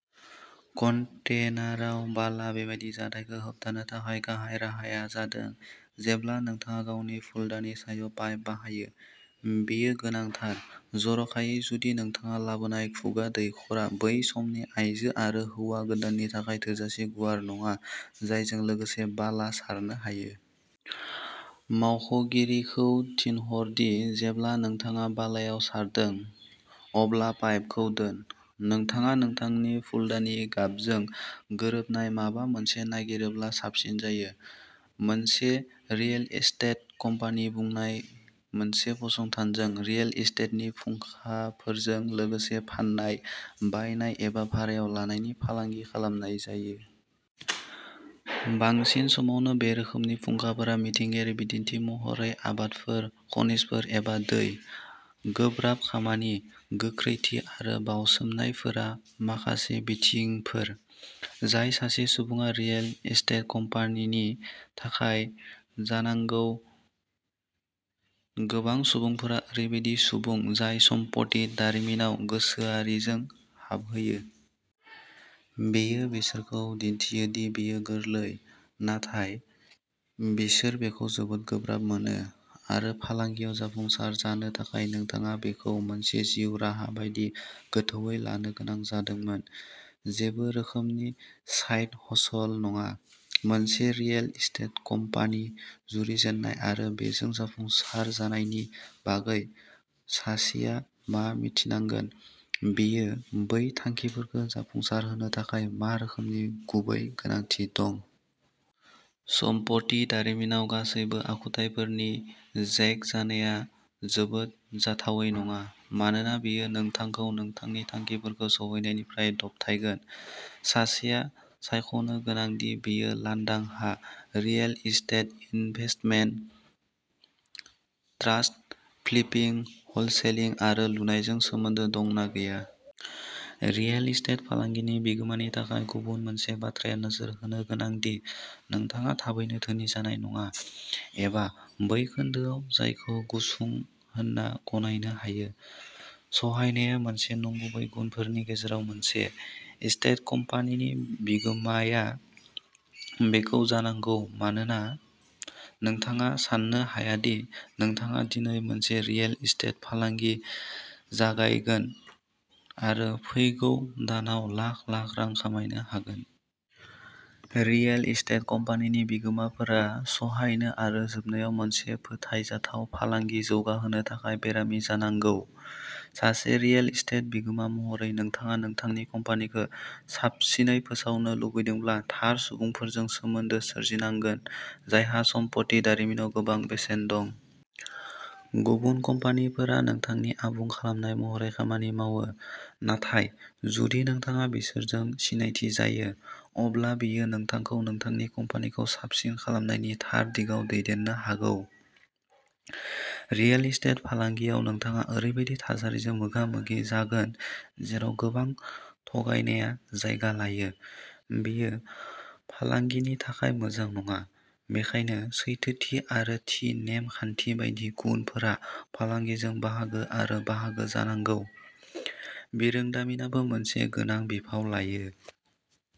कन्टेनाराव बाला बेबादि जाथायखौ होबथानो थाखाय गाहाय राहाया जादों जेब्ला नोंथाङा गावनि फुलदानि सायाव पाइप बाहायो। बेयो गोनांथार, जर'खायै जुदि नोंथाङा लाबोनाय खुगा दैखरआ बै समनि आइजो आरो हौवा गोदाननि थाखाय थोजासे गुवार नङा, जायजों लोगोसे बाला सारनो हायो। मावख'गिरिखौ थिनहर दि जेब्ला नोंथाङा बालायाव सारदों अब्ला पाइपखौ दोन। नोंथाङा नोंथांनि फुलदानि गाबजों गोरोबनाय माबा मोनसे नागिरोब्ला साबसिन जायो। मोनसे रियेल एस्टेट कम्पानि बुंनाय मोनसे फसंथानजों रियेल एस्टेटनि फुंखाफोरजों लोगोसे फाननाय, बायनाय एबा भारायाव लानायनि फालांगि खालामनाय जायो। बांसिन समावनो बे रोखोमनि फुंखाफोरा मिथिंगायारि बिदिन्थि महरै आबादफोर, खनिजफोर एबा दै। गोब्राब खामानि, गोख्रोंथि आरो बाउसोमनायफोरा माखासे बिथिंफोर जाय सासे सुबुंहा रियेल एस्टेट कम्पानि थानाय जानांगौ। गोबां सुबुंफोरा ओरैबायदि सुबुं जाय सम्पथि दारिमिनाव गोसोआरिजों हाबहैयो। बेयो बिसोरखौ दिन्थियो दि बेयो गोरलै नाथाय, बिसोर बेखौ जोबोद गोब्राब मोनो आरो फालांगियाव जाफुंसार जानो थाखाय नोंथाङा बेखौ मोनसे जिउ राहा बायदि गोथौवै लानो गोनां जादोंमोन, जेबो रोखोमनि साइड हसल नङा। मोनसे रियेल एस्टेट कम्पानि जुरिजेननाय आरो बेजों जाफुंसार जानायनि बागै सासेआ मा मिन्थिनांगोन, बेयो बै थांखिफोरखौ जाफुंसारहोनो थाखाय मा रोखोमनि गुबै गोनांथि दं। सम्पथि दारिमिनाव गासैबो आखुथाइफोरनि जैक जानाया जोबोद जाथावै नङा मानोना बेयो नोंथांखौ नोंथांनि थांखिफोरखौ सौहैनायनिफ्राय दबथायगोन। सासेआ सायख'नो गोनां दि बेयो लांदां हा, real estate investment trust, flipping, wholesaling आरो लुनायजों सोमोन्दो दं ना गैया। रियेल एस्टेट फालांगिनि बिगोमानि थाखाय गुबुन मोनसे बाथ्राया नोजोर होनो गोनां दि नोंथाङा थाबैनो धोनि जानाय नङा एबा बै समखोन्दोआव जायखौ गुसुं होनना गनायनो हायो। सहायनाया मोनसे नंगुबै गुनफोरनि गेजेराव मोनसे। एस्टेट कम्पानिनि बिगोमाया बेखौ जानांगौ मानोना नोंथाङा साननो हाया दि नोंथाङा दिनै मोनसे रियेल एस्टेट फालांगि जागायगोन आरो फैगौ दानाव लाख लाख रां खामायनो हागोन। रियेल एस्टेट कम्पानिनि बिगोमाफोरा सहायनो आरो जोबनायाव मोनसे फोथायजाथाव फालांगि जौगाहोनो थाखाय बेरामि जानांगौ। सासे रियेल एस्टेट बिगोमा महरै नोंथाङा नोंथांनि कम्पानिखौ साबसिनै फोसावनो लुबैदोंब्ला थार सुबुंफोरजों सोमोन्दो सोरजिनांगोन, जायहा सम्पथि दारिमिनाव गोबां बेसेन दं। गुबुन कम्पानिफोरा नोंथांनि आबुं खालामनाय महरै खामानि मावो, नाथाय जुदि नोंथाङा बिसोरजों सिनायथि जायो, अब्ला बेयो नोंथांखौ नोंथांनि कम्पानिखौ साबसिन खालामनायनि थार दिगाव दैदेननो हागौ। रियेल एस्टेट फालांगियाव नोंथाङा ओरैबायदि थासारिफोरजों मोगा-मोगि जागोन जेराव गोबां थगायनाया जायगा लायो, बेयो फालांगिनि थाखाय मोजां नङा, बेनिखायनो सैथोथि आरो थि नेम खान्थि बायदि गुनफोरा फालांगिजों बाहागो आरो बाहागो जानांगौ। बिरोंदामिनआबो मोनसे गोनां बिफाव लायो।